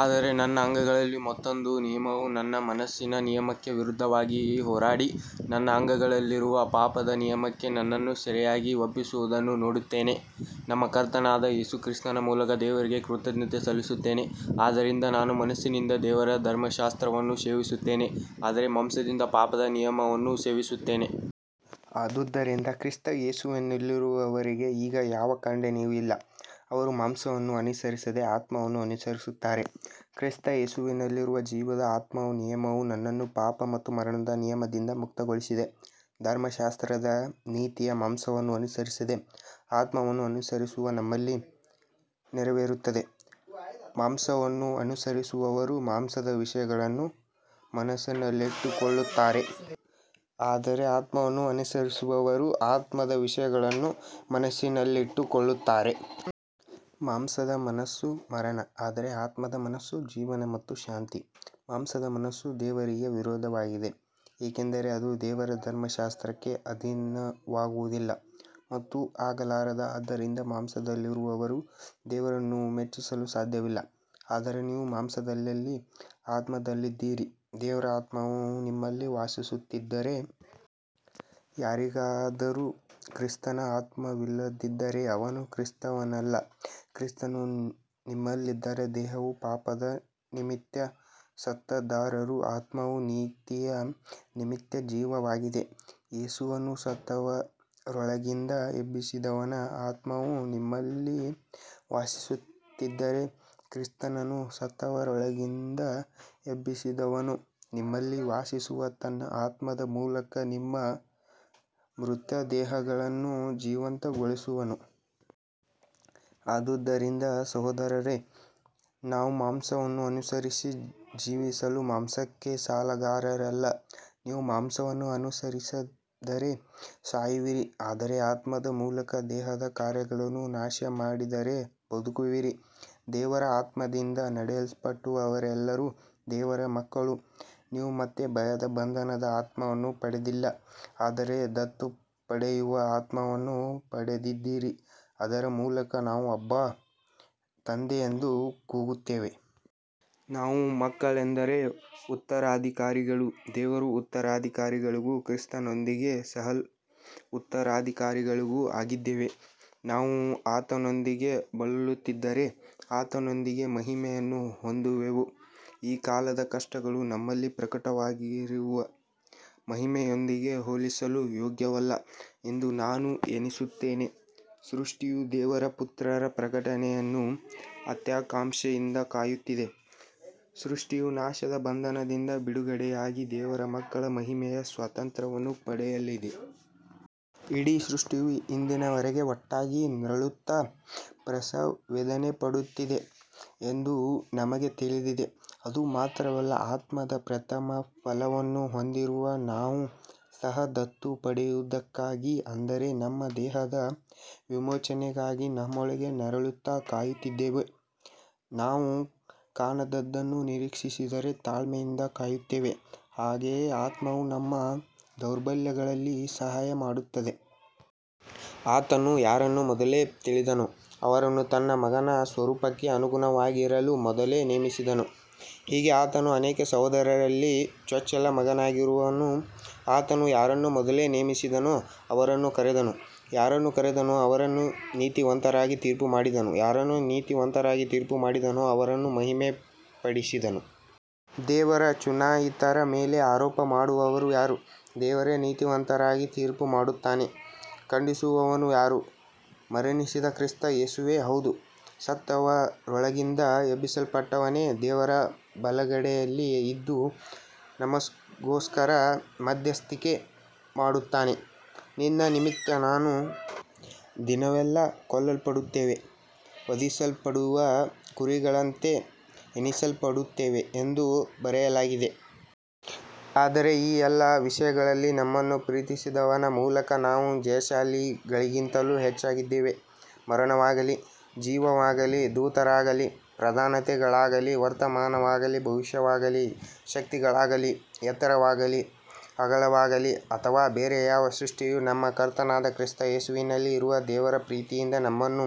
ಆದರೆ ನನ್ನ ಅಂಗಗಳಲ್ಲಿ ಮತ್ತೊಂದು ನಿಯಮವು ನನ್ನ ಮನಸ್ಸಿನ ನಿಯಮಕ್ಕೆ ವಿರುದ್ಧವಾಗಿ ಹೋರಾಡಿ, ನನ್ನ ಅಂಗಗಳಲ್ಲಿರುವ ಪಾಪದ ನಿಯಮಕ್ಕೆ ನನ್ನನ್ನು ಸೆರೆಯಾಗಿ ಒಪ್ಪಿಸುವುದನ್ನು ನೋಡುತ್ತೇನೆ. ನಮ್ಮ ಕರ್ತನಾದ ಯೇಸು ಕ್ರಿಸ್ತನ ಮೂಲಕ ದೇವರಿಗೆ ಕೃತಜ್ಞತೆ ಸಲ್ಲಿಸುತ್ತೇನೆ. ಆದ್ದರಿಂದ ನಾನು ಮನಸ್ಸಿನಿಂದ ದೇವರ ಧರ್ಮಶಾಸ್ತ್ರವನ್ನು ಸೇವಿಸುತ್ತೇನೆ, ಆದರೆ ಮಾಂಸದಿಂದ ಪಾಪದ ನಿಯಮವನ್ನು ಸೇವಿಸುತ್ತೇನೆ. ಆದುದರಿಂದ ಕ್ರಿಸ್ತ ಯೇಸುವಿನಲ್ಲಿರುವವರಿಗೆ ಈಗ ಯಾವ ಖಂಡನೆಯೂ ಇಲ್ಲ, ಅವರು ಮಾಂಸವನ್ನು ಅನುಸರಿಸದೆ ಆತ್ಮವನ್ನು ಅನುಸರಿಸುತ್ತಾರೆ. ಕ್ರಿಸ್ತ ಯೇಸುವಿನಲ್ಲಿರುವ ಜೀವದ ಆತ್ಮದ ನಿಯಮವು ನನ್ನನ್ನು ಪಾಪ ಮತ್ತು ಮರಣದ ನಿಯಮದಿಂದ ಮುಕ್ತಗೊಳಿಸಿದೆ. ಧರ್ಮಶಾಸ್ತ್ರದ ನೀತಿಯು ಮಾಂಸವನ್ನು ಅನುಸರಿಸದೆ ಆತ್ಮವನ್ನು ಅನುಸರಿಸುವ ನಮ್ಮಲ್ಲಿ ನೆರವೇರುತ್ತದೆ. ಮಾಂಸವನ್ನು ಅನುಸರಿಸುವವರು ಮಾಂಸದ ವಿಷಯಗಳನ್ನು ಮನಸ್ಸಿನಲ್ಲಿಟ್ಟುಕೊಳ್ಳುತ್ತಾರೆ, ಆದರೆ ಆತ್ಮವನ್ನು ಅನುಸರಿಸುವವರು ಆತ್ಮದ ವಿಷಯಗಳನ್ನು ಮನಸ್ಸಿನಲ್ಲಿಟ್ಟುಕೊಳ್ಳುತ್ತಾರೆ. ಮಾಂಸದ ಮನಸ್ಸು ಮರಣ, ಆದರೆ ಆತ್ಮದ ಮನಸ್ಸು ಜೀವನ ಮತ್ತು ಶಾಂತಿ. ಮಾಂಸದ ಮನಸ್ಸು ದೇವರಿಗೆ ವಿರೋಧವಾಗಿದೆ, ಏಕೆಂದರೆ ಅದು ದೇವರ ಧರ್ಮಶಾಸ್ತ್ರಕ್ಕೆ ಅಧೀನವಾಗುವುದಿಲ್ಲ ಮತ್ತು ಆಗಲಾರದು. ಆದ್ದರಿಂದ ಮಾಂಸದಲ್ಲಿರುವವರು ದೇವರನ್ನು ಮೆಚ್ಚಿಸಲು ಸಾಧ್ಯವಿಲ್ಲ. ಆದರೆ ನೀವು ಮಾಂಸದಲ್ಲಿಲ್ಲ, ಆತ್ಮದಲ್ಲಿದ್ದೀರಿ, ದೇವರ ಆತ್ಮವು ನಿಮ್ಮಲ್ಲಿ ವಾಸಿಸುತ್ತಿದ್ದರೆ. ಯಾರಿಗಾದರೂ ಕ್ರಿಸ್ತನ ಆತ್ಮವಿಲ್ಲದಿದ್ದರೆ ಅವನು ಕ್ರಿಸ್ತನವನಲ್ಲ. ಕ್ರಿಸ್ತನು ನಿಮ್ಮಲ್ಲಿದ್ದರೆ ದೇಹವು ಪಾಪದ ನಿಮಿತ್ತ ಸತ್ತದ್ದಾದರೂ ಆತ್ಮವು ನೀತಿಯ ನಿಮಿತ್ತ ಜೀವವಾಗಿದೆ. ಯೇಸುವನ್ನು ಸತ್ತವರೊಳಗಿಂದ ಎಬ್ಬಿಸಿದವನ ಆತ್ಮವು ನಿಮ್ಮಲ್ಲಿ ವಾಸಿಸುತ್ತಿದ್ದರೆ, ಕ್ರಿಸ್ತನನ್ನು ಸತ್ತವರೊಳಗಿಂದ ಎಬ್ಬಿಸಿದವನು ನಿಮ್ಮಲ್ಲಿ ವಾಸಿಸುವ ತನ್ನ ಆತ್ಮದ ಮೂಲಕ ನಿಮ್ಮ ಮರ್ತ್ಯ ದೇಹಗಳನ್ನೂ ಜೀವಂತಗೊಳಿಸುವನು. ಆದುದರಿಂದ ಸಹೋದರರೇ, ನಾವು ಮಾಂಸವನ್ನು ಅನುಸರಿಸಿ ಜೀವಿಸಲು ಮಾಂಸಕ್ಕೆ ಸಾಲಗಾರರಲ್ಲ. ನೀವು ಮಾಂಸವನ್ನು ಅನುಸರಿಸಿದರೆ ಸಾಯುವಿರಿ, ಆದರೆ ಆತ್ಮದ ಮೂಲಕ ದೇಹದ ಕಾರ್ಯಗಳನ್ನು ನಾಶಮಾಡಿದರೆ ಬದುಕುವಿರಿ. ದೇವರ ಆತ್ಮದಿಂದ ನಡೆಸಲ್ಪಡುವವರೆಲ್ಲರೂ ದೇವರ ಮಕ್ಕಳು. ನೀವು ಮತ್ತೆ ಭಯದ ಬಂಧನದ ಆತ್ಮವನ್ನು ಪಡೆದಿಲ್ಲ, ಆದರೆ ದತ್ತು ಪಡೆಯುವ ಆತ್ಮವನ್ನು ಪಡೆದಿದ್ದೀರಿ, ಅದರ ಮೂಲಕ ನಾವು ಅಬ್ಬಾ, ತಂದೆ ಎಂದು ಕೂಗುತ್ತೇವೆ. ನಾವು ಮಕ್ಕಳೆಂದರೆ ಉತ್ತರಾಧಿಕಾರಿಗಳೂ ದೇವರ ಉತ್ತರಾಧಿಕಾರಿಗಳೂ ಕ್ರಿಸ್ತನೊಂದಿಗೆ ಸಹಉತ್ತರಾಧಿಕಾರಿಗಳೂ ಆಗಿದ್ದೇವೆ. ನಾವು ಆತನೊಂದಿಗೆ ಬಳಲುತ್ತಿದ್ದರೆ ಆತನೊಂದಿಗೆ ಮಹಿಮೆಯನ್ನು ಹೊಂದುವೆವು. ಈ ಕಾಲದ ಕಷ್ಟಗಳು ನಮ್ಮಲ್ಲಿ ಪ್ರಕಟವಾಗಲಿರುವ ಮಹಿಮೆಯೊಂದಿಗೆ ಹೋಲಿಸಲು ಯೋಗ್ಯವಲ್ಲ ಎಂದು ನಾನು ಎಣಿಸುತ್ತೇನೆ. ಸೃಷ್ಟಿಯು ದೇವರ ಪುತ್ರರ ಪ್ರಕಟಣೆಯನ್ನು ಅತ್ಯಾಕಾಂಕ್ಷೆಯಿಂದ ಕಾಯುತ್ತಿದೆ. ಸೃಷ್ಟಿಯೂ ನಾಶದ ಬಂಧನದಿಂದ ಬಿಡುಗಡೆಯಾಗಿ ದೇವರ ಮಕ್ಕಳ ಮಹಿಮೆಯ ಸ್ವಾತಂತ್ರ್ಯವನ್ನು ಪಡೆಯಲಿದೆ. ಇಡೀ ಸೃಷ್ಟಿಯು ಇಂದಿನವರೆಗೆ ಒಟ್ಟಾಗಿ ನರಳುತ್ತಾ ಪ್ರಸವವೇದನೆಪಡುತ್ತಿದೆ ಎಂದು ನಮಗೆ ತಿಳಿದಿದೆ. ಅದು ಮಾತ್ರವಲ್ಲ, ಆತ್ಮದ ಪ್ರಥಮಫಲವನ್ನು ಹೊಂದಿರುವ ನಾವೂ ಸಹ ದತ್ತು ಪಡೆಯುವುದಕ್ಕಾಗಿ, ಅಂದರೆ ನಮ್ಮ ದೇಹದ ವಿಮೋಚನೆಗಾಗಿ, ನಮ್ಮೊಳಗೆ ನರಳುತ್ತಾ ಕಾಯುತ್ತಿದ್ದೇವೆ. ನಾವು ಕಾಣದದ್ದನ್ನು ನಿರೀಕ್ಷಿಸಿದರೆ ತಾಳ್ಮೆಯಿಂದ ಕಾಯುತ್ತೇವೆ. ಹಾಗೆಯೇ ಆತ್ಮವು ನಮ್ಮ ದೌರ್ಬಲ್ಯಗಳಲ್ಲಿ ಸಹಾಯಮಾಡುತ್ತದೆ. ಆತನು ಯಾರನ್ನು ಮೊದಲೇ ತಿಳಿದನೋ ಅವರನ್ನು ತನ್ನ ಮಗನ ಸ್ವರೂಪಕ್ಕೆ ಅನುಗುಣವಾಗಿರಲು ಮೊದಲೇ ನೇಮಿಸಿದನು, ಹೀಗೆ ಆತನು ಅನೇಕ ಸಹೋದರರಲ್ಲಿ ಚೊಚ್ಚಲ ಮಗನಾಗಿರುವನು. ಆತನು ಯಾರನ್ನು ಮೊದಲೇ ನೇಮಿಸಿದನೋ ಅವರನ್ನು ಕರೆದನು, ಯಾರನ್ನು ಕರೆದನೋ ಅವರನ್ನು ನೀತಿವಂತರಾಗಿ ತೀರ್ಪುಮಾಡಿದನು, ಯಾರನ್ನು ನೀತಿವಂತರಾಗಿ ತೀರ್ಪುಮಾಡಿದನೋ ಅವರನ್ನು ಮಹಿಮೆಪಡಿಸಿದನು. ದೇವರ ಚುನಾಯಿತರ ಮೇಲೆ ಆರೋಪ ಮಾಡುವವರು ಯಾರು. ದೇವರೇ ನೀತಿವಂತರಾಗಿ ತೀರ್ಪುಮಾಡುತ್ತಾನೆ. ಖಂಡಿಸುವವನು ಯಾರು. ಮರಣಿಸಿದ ಕ್ರಿಸ್ತ ಯೇಸುವೇ, ಹೌದು, ಸತ್ತವರೊಳಗಿಂದ ಎಬ್ಬಿಸಲ್ಪಟ್ಟವನೇ ದೇವರ ಬಲಗಡೆಯಲ್ಲಿ ಇದ್ದು ನಮಗೋಸ್ಕರ ಮಧ್ಯಸ್ಥಿಕೆ ಮಾಡುತ್ತಾನೆ. ನಿನ್ನ ನಿಮಿತ್ತ ನಾವು ದಿನವೆಲ್ಲಾ ಕೊಲ್ಲಲ್ಪಡುತ್ತೇವೆ, ವಧಿಸಲ್ಪಡುವ ಕುರಿಗಳಂತೆ ಎಣಿಸಲ್ಪಡುತ್ತೇವೆ ಎಂದು ಬರೆಯಲಾಗಿದೆ. ಆದರೆ ಈ ಎಲ್ಲ ವಿಷಯಗಳಲ್ಲಿ ನಮ್ಮನ್ನು ಪ್ರೀತಿಸಿದವನ ಮೂಲಕ ನಾವು ಜಯಶಾಲಿಗಳಿಗಿಂತಲೂ ಹೆಚ್ಚಾಗಿದ್ದೇವೆ. ಮರಣವಾಗಲಿ, ಜೀವವಾಗಲಿ, ದೂತರಾಗಲಿ, ಪ್ರಧಾನತೆಗಳಾಗಲಿ, ವರ್ತಮಾನವಾಗಲಿ, ಭವಿಷ್ಯವಾಗಲಿ, ಶಕ್ತಿಗಳಾಗಲಿ, ಎತ್ತರವಾಗಲಿ, ಆಳವಾಗಲಿ ಅಥವಾ ಬೇರೆ ಯಾವ ಸೃಷ್ಟಿಯೂ ನಮ್ಮ ಕರ್ತನಾದ ಕ್ರಿಸ್ತ ಯೇಸುವಿನಲ್ಲಿ ಇರುವ ದೇವರ ಪ್ರೀತಿಯಿಂದ ನಮ್ಮನ್ನು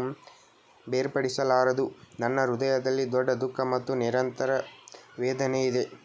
ಬೇರ್ಪಡಿಸಲಾರದು. ನನ್ನ ಹೃದಯದಲ್ಲಿ ದೊಡ್ಡ ದುಃಖ ಮತ್ತು ನಿರಂತರ ವೇದನೆಯಿದೆ.